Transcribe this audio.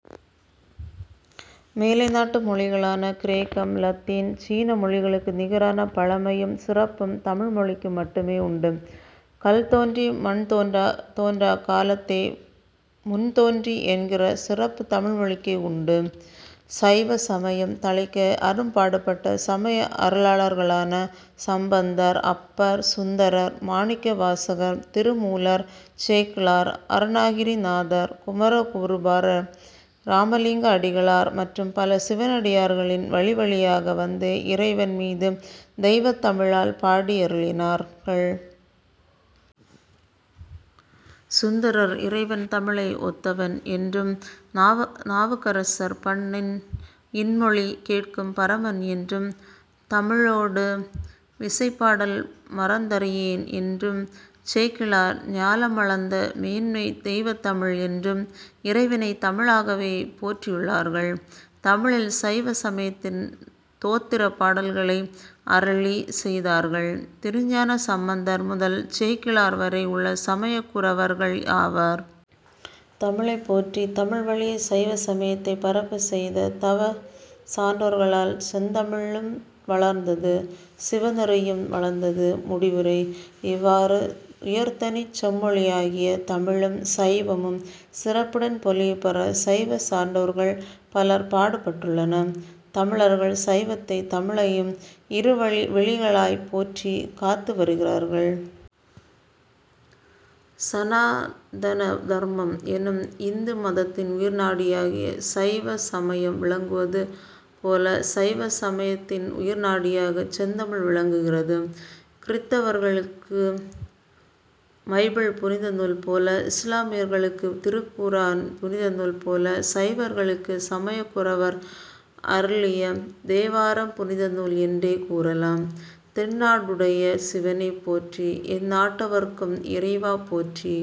மேலைநாட்டு மொழிகளான கிரேக்கம், இலத்தீன், சீன மொழிகளுக்கு நிகரான பழமையும், சிறப்பும் தமிழ்மொழிக்கு மட்டுமே உண்டு. "கல்தோன்றி மண்தோன்றாக் காலத்தே முன்தோன்றி' என்கிற சிறப்பு தமிழ்மொழிக்கே உண்டு. சைவ சமயம் தழைக்க அரும்பாடுபட்ட சமய அருளாளர்களான சம்பந்தர், அப்பர், சுந்தரர், மாணிக்க வாசகர், திருமூலர், சேக்கிழார், அருணாகிரிநாதர், குமரகுருபரர், இராமலிங்க அடிகளார் மற்றும் பல சிவனடியார்களின் வழிவழியாக வந்து இறைவன் மீது தெய்வத் தமிழால் பாடியருளினார்கள். சுந்தரர், "இறைவன் தமிழை ஒத்தவன்' என்றும், நாவுக்கரசர், "பண்ணின் இன்மொழி கேட்கும் பரமன்' என்றும், "தமிழோடு இசைபாடல் மறந்தறியேன்' என்றும், சேக்கிழார் "ஞாலமளந்த மேன்மைத் தெய்வத்தமிழ்' என்றும் இறைவனைத் தமிழாகவே போற்றியுள்ளார்கள். தமிழில் சைவ சமயத்தின் தோத்திரப் பாடல்களை அருளிச் செய்தார்கள் திருஞான சம்பந்தர் முதல் சேக்கிழார் வரை உள்ள சமயக்குரவர்கள் ஆவர். தமிழைப் போற்றி, தமிழ் வழியே சைவ சமயத்தைப் பரப்பச் செய்த தவச் சான்றோர்களால் செந்தமிழும் வளர்ந்தது; சிவநெறியும் வளர்ந்தது. முடிவுரை:இவ்வாறு உயர்தனிச் செம்மொழியாகிய தமிழும், சைவமும் சிறப்புடன் பொலிவு பெற சைவச் சான்றோர்கள் பலர் பாடுபட்டுள்ளனர். தமிழர்கள் சைவத்தையும், தமிழையும் இரு வழி விழிகளாய்ப் போற்றிக் காத்து வருகிறார்கள். சனாதன தர்மம் எனும் இந்து மதத்தின் உயிர்நாடியாகச் சைவசமயம் விளங்குவது போலச் சைவசமயத்தின் உயிர்நாடியாகச் செந்தமிழ் விளங்குகிறது. கிறித்தவர்களுக்கு பைபிள் புனித நூல் போல, இசுலாமியர்களுக்குத் திருக்குர் ஆன் புனிதநூல் போல, சைவர்களுக்குச் சமயக்குரவர் அருளிய தேவாரம் புனித நூல் என்றே கூறலாம். "தென்னாடுடைய சிவனே போற்றி; எந்நாட்டவர்க்கும் இறைவா போற்றி!